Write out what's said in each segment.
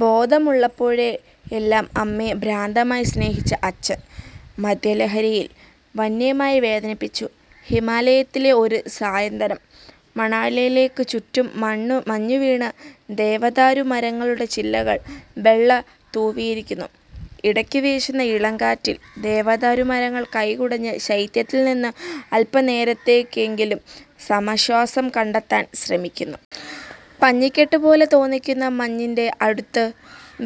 'ബോധമുള്ളപ്പോഴെല്ലാം അമ്മയെ ഭ്രാന്തമായി സ്നേഹിച്ച അച്ഛൻ, മദ്യലഹരിയിൽ വന്യമായി വേദനിപ്പിച്ചു... ' ഹിമാലയത്തിലെ ഒരു സായന്തനം മണാലിക്കു ചുറ്റും മഞ്ഞുവീണ് ദേവദാരു മരങ്ങളുടെ ചില്ലകൾ വെള്ള തൂവിയിരിക്കുന്നു. ഇടയ്ക്കു വീശുന്ന ഇളംകാറ്റിൽ ദേവദാരു മരങ്ങൾ കൈ കുടഞ്ഞ് ശൈത്യത്തിൽ നിന്ന് അല്പനേരത്തേക്കെങ്കിലും സമാശ്വാസം കണ്ടെത്താൻ ശ്രമിക്കുന്നു. പഞ്ഞിക്കെട്ടുപോലെ തോന്നിക്കുന്ന മഞ്ഞിന്റെ അടുത്ത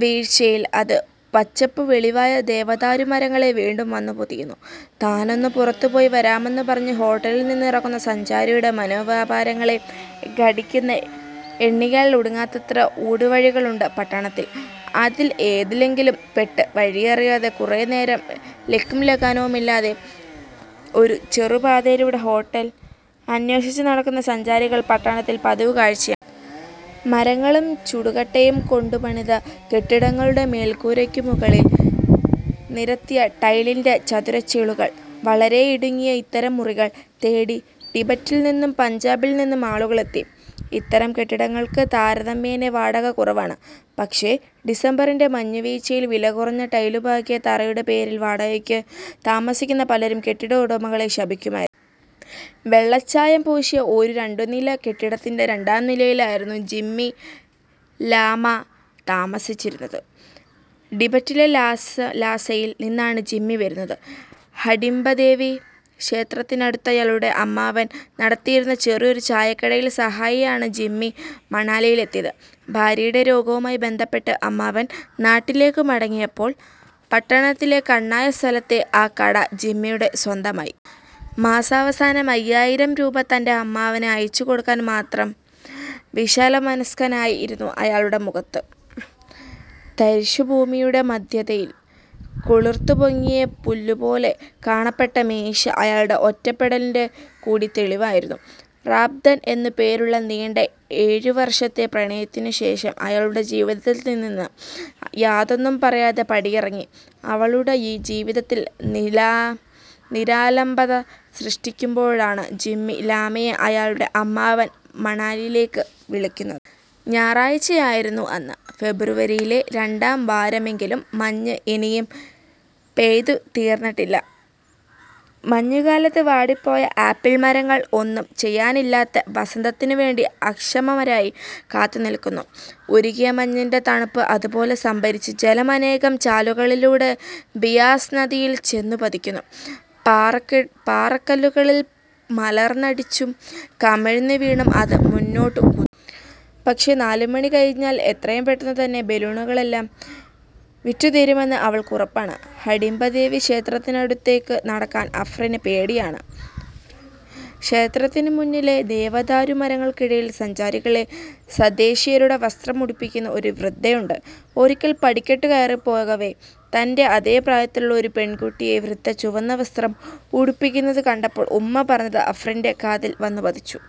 വീഴ്ചയിൽ അത് പച്ചപ്പ് വെളിവായ ദേവദാരു മരങ്ങളെ വീണ്ടും വന്നുപൊതിയുന്നു. താൻ ഒന്നു പുറത്തുപോയി വരാമെന്നു പറഞ്ഞ് ഹോട്ടലിൽ നിന്നിറങ്ങുന്ന സഞ്ചാരിയുടെ മനോവ്യാപാരങ്ങളെ ഖണ്ഡിക്കുന്ന എണ്ണിയാൽ ഒടുങ്ങാത്തത്ര ഊടുവഴികളുണ്ട് പട്ടണത്തിൽ. അതിൽ ഏതിലെങ്കിലും പെട്ട് വഴിയറിയാതെ കുറേ നേരം ലക്കുംലഗാനുമില്ലാതെ ഒരു ചെറുപാതയിലൂടെ ഹോട്ടൽ അന്വേഷിച്ചു നടക്കുന്ന സഞ്ചാരികൾ പട്ടണത്തിൽ പതിവുകാഴ്ചയാണ്. മരങ്ങളും ചുടുകട്ടയും കൊണ്ടുപണിത കെട്ടിടങ്ങളുടെ മേൽക്കൂരയ്ക്കു മുകളിൽ നിരത്തിയ ടൈലിന്റെ ചതുരച്ചീളുകൾ. വളരെ ഇടുങ്ങിയ ഇത്തരം മുറികൾ തേടി ടിബറ്റിൽ നിന്നും പഞ്ചാബിൽ നിന്നും ആളുകളെത്തി. ഇത്തരം കെട്ടിടങ്ങൾക്ക് താരതമ്യേന വാടക കുറവാണ്. പക്ഷേ ഡിസംബറിന്റെ മഞ്ഞുവീഴ്ചയിൽ വിലകുറഞ്ഞ ടൈലു പാകിയ തറയുടെ പേരിൽ വാടകയ്ക്കു താമസിക്കുന്ന പലരും കെട്ടിട ഉടമകളെ ശപിക്കുമായിരുന്നു. വെള്ളച്ചായം പൂശിയ ഒരു രണ്ടുനില കെട്ടിടത്തിന്റെ രണ്ടാംനിലയിലായിരുന്നു ജിമ്മി ലാമ താമസിച്ചിരുന്നത്. ടിബറ്റിലെ ലാസയിൽ നിന്നാണ് ജിമ്മി വരുന്നത്. ഹഡിംബ ദേവി ക്ഷേത്രത്തിനടുത്തായി അയാളുടെ അമ്മാവൻ നടത്തിയിരുന്ന ചെറിയൊരു ചായക്കടയിൽ സഹായിയാണ് ജിമ്മി മണാലിയിലെത്തിയത്. ഭാര്യയുടെ രോഗവുമായി ബന്ധപ്പെട്ട് അമ്മാവൻ നാട്ടിലേക്കു മടങ്ങിയപ്പോൾ പട്ടണത്തിലെ കണ്ണായ സ്ഥലത്തെ ആ കട ജിമ്മിയുടെ സ്വന്തമായി. മാസവസാനം അയ്യായിരം രൂപ തന്റെ അമ്മാവന് അയച്ചുകൊടുക്കാൻ മാത്രം വിശാലമനസ്കനായിരുന്ന അയാളുടെ മുഖത്ത്, തരിശുഭൂമിയുടെ മധ്യതയിൽ കുളിർത്തുപൊങ്ങിയ പുല്ലുപോലെ കാണപ്പെട്ട മീശ അയാളുടെ ഒറ്റപ്പെടലിന്റെ കൂടി തെളിവായിരുന്നു. റാബ്തൻ എന്നുപേരുള്ള നീണ്ട എഴുവർഷത്തെ പ്രണയത്തിനുശേഷം അയാളുടെ ജീവിതത്തിൽ നിന്ന് യാതൊന്നും പറയാതെ പടിയിറങ്ങി, അവളുടെ ഈ ജീവിതത്തിൽ നിരാലംബത സൃഷ്ടിച്ചിരിക്കുമ്പോഴാണ് ജിമ്മി ലാമയെ അയാളുടെ അമ്മാവൻ മണാലിയിലേക്ക് വിളിക്കുന്നത്. ഞായറാഴ്ചയായിരുന്നു അന്ന്. ഫെബ്രുവരിയിലെ രണ്ടാം വാരമെങ്കിലും മഞ്ഞ് ഇനിയും പെയ്തുതീർന്നിട്ടില്ല. മഞ്ഞുകാലത്ത് വാടിപ്പോയ ആപ്പിൾ മരങ്ങൾ ഒന്നും ചെയ്യാനില്ലാത്ത വസന്തത്തിനുവേണ്ടി അക്ഷമരായി കാത്തുനില്ക്കുന്നു. ഉരുകിയ മഞ്ഞിന്റെ തണുപ്പ് അതുപോലെ സംഭരിച്ച് ജലം അനേകം ചാലുകളിലൂടെ ബിയാസ് നദിയിൽ ചെന്നുപതിക്കുന്നു. പാറക്കല്ലുകളിൽ മലർന്നടിച്ചും കമിഴ്ന്നുവീണും അത് മുന്നോട്ടു. പക്ഷേ നാലുമണി കഴിഞ്ഞാൽ എത്രയുംപെട്ടെന്നു തന്നെ ബലൂണുകളെല്ലാം വിറ്റുതീരുമെന്ന് അവൾക്ക് ഉറപ്പാണ്. ഹഡിംബ ദേവി ക്ഷേത്രത്തിനടുത്തേക്ക് നടക്കാൻ അഫ്രീന് പേടിയാണ്. ക്ഷേത്രത്തിനു മുന്നിലെ ദേവദാരു മരങ്ങൾക്കിടയിൽ സഞ്ചാരികളെ തദ്ദേശീയരുടെ വസ്ത്രം ഉടുപ്പിക്കുന്ന ഒരു വൃദ്ധയുണ്ട്. ഒരിക്കൽ പടിക്കെട്ടു കയറിപ്പോകവേ തന്റെ അതേ പ്രായത്തിലുള്ള ഒരു പെൺകുട്ടിയെ വൃദ്ധ ചുവന്നവസ്ത്രം ഉടുപ്പിക്കുന്നതു കണ്ടപ്പോൾ ഉമ്മ പറഞ്ഞത് അഫ്രീന്റെ കാതിൽ വന്നുപതിച്ചു.